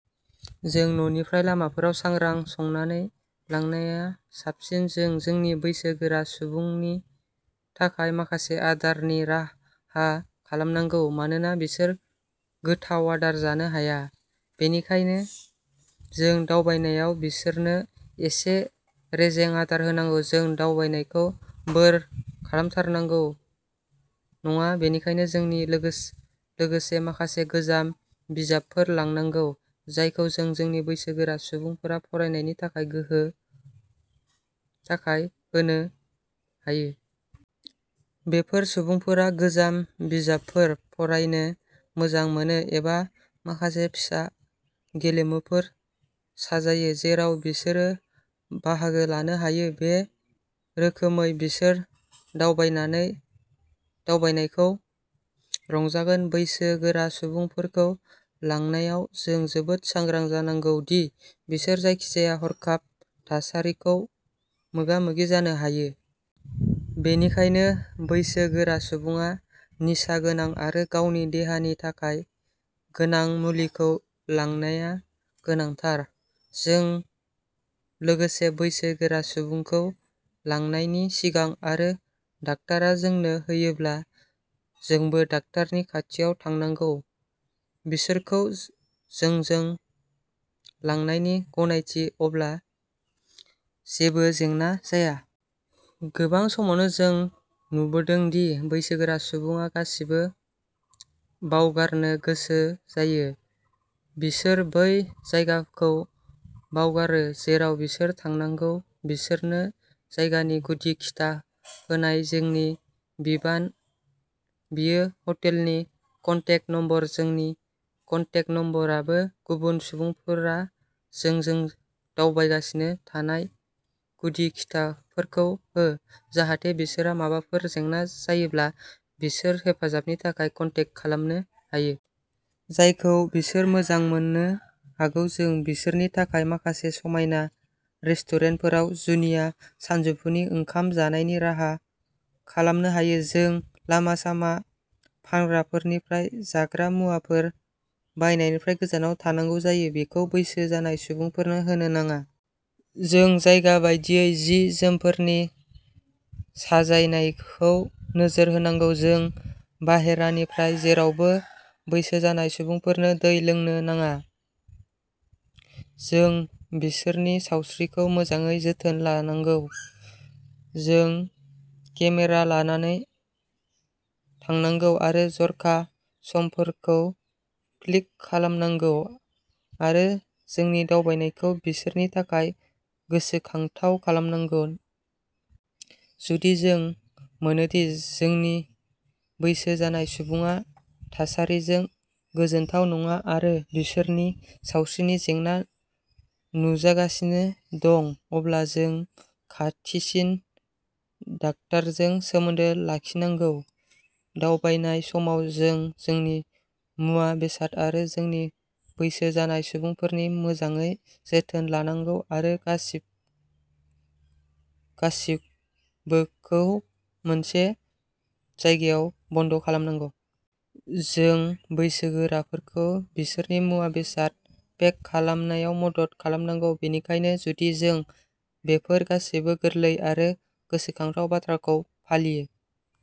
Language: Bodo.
जों न'निफ्राय लामाफोराव जाग्रा संनानै लांनाया साबसिन। जों जोंनि बैसो गोरा सुबुंनि थाखाय माखासे आदारनि राहा खालामनांगौ मानोना बिसोर गोथाव आदार जानो हाया। बेनिखायनो जों दावबायनायाव बिसोरनो एसे रेजें आदार होनांगौ। जों दावबायनायखौ बोर खालामथारनांगौ नङा, बेनिखायनो जोंनि लोगोसे माखासे गोजाम बिजाबफोर लांनांगौ जायखौ जों जोंनि बैसो गोरा सुबुंफोरा फरायनायनि गोहो थाखाय होनो हायो। बेफोर सुबुंफोरा गोजाम बिजाबफोर फरायनो मोजां मोनो एबा माखासे फिसा गेलेमुफोर साजायो जेराव बिसोरो बाहागो लानो हायो। बे रोखोमै बिसोर दावबायनानै दावबायनायखौ रंजागोन। बैसो गोरा सुबुंफोरखौ लांनायाव जों जोबोद सांग्रां जानांगौ दि बिसोर जायखिजाया हरखाब थासारिखौ मोगा-मोगि जानो हायो। बेनिखायनो बैसो गोरा सुबुङा निसा गोनां आरो गावनि देहानि थाखाय गोनां मुलिखौ लांनाया गोनांथार। जों लोगोसे बैसो गोरा सुबुंखौ लांनायनि सिगां आरो डाक्टारा जोंनो होयोब्ला जोंबो डाक्टारनि खाथियाव थांनांगौ। बिसोरखौ जोंजों लांनायनि गनायथि, अब्ला जेबो जेंना जाया। गोबां समावनो जों नुबोदोंमोन दि बैसोगोरा सुबुङा गासिबो बावगारनो गोसो जायो। बिसोर बै जायगाखौ बावगारो जेराव बिसोर थांनांगौ। बिसोरनो जायगानि गुदि खिथा होनाय जोंनि बिबान, बेयो हटेलनि कन्टेक नम्बर, जोंनि कन्टेक नम्बराबो, गुबुन सुबुंफोरा जोंजों दावबायगासिनो थानाय गुदि खिथाफोरखौ हो, जाहाथे बिसोरहा माबाफोर जेंना जायोब्ला बिसोर हेफाजाबनि थाखाय कन्टेक खालामनो हायो। जायखौ बिसोर मोजां मोननो हागौ। जों बिसोरनि थाखाय माखासे समायना रेस्टुरेन्टफोराव जुनिया सानजौफुनि ओंखाम जानायनि राहा खालामनो हायो। जों लामा- सामा फानग्राफोरनिफ्राय जाग्रा मुवाफोर बायनायनिफ्राय गोजानाव थानांगौ आरो बेखौ बैसो जानाय सुबुंफोरनो होनो नाङा। जों जायगा बायदियै जि-जोमफोरनि साजायनायखौ नोजोर होनांगौ। जों बाहेरानिफ्राय जेरावबो बैसो जानाय सुबुंफोरनो दै लोंनो नाङा। जों बिसोरनि सावस्रिखौ मोजाङै जोथोन लानांगौ। जों केमेरा लानानै थांनांगौ आरो जर'खा समफोरखौ क्लिक खालामनांगौ आरो जोंनि दावबायनायखौ बिसोरनि थाखाय गोसोखांथाव खालामनांगौ। जुदि जों मोनोदि जोंनि बैसो जानाय सुबुङा थासारिजों गोजोनथाव नङा आरो बिसोरनि सावस्रिनि जेंना नुजागासिनो दं, अब्ला जों खाथिसिन डाक्टारजों सोमोन्दो लाखिनांगौ। दावबायनाय समाव जों जोंनि मुवा-बेसाद आरो जोंनि बैसो जानाय सुबुंफोरनि मोजाङै जोथोन लानांगौ आरो गासिब गासिबोखौ मोनसे जायगायाव बन्द खालामनांगौ। जों बैसोगोराफोरखौ बिसोरनि मुवा-बेसाद पेक खालामनायाव मदद खालामनांगौ। बेनिखायनो जुदि जों बेफोर गासैबो गोरलै आरो गोसोखांथाव बाथ्राखौ फालियो।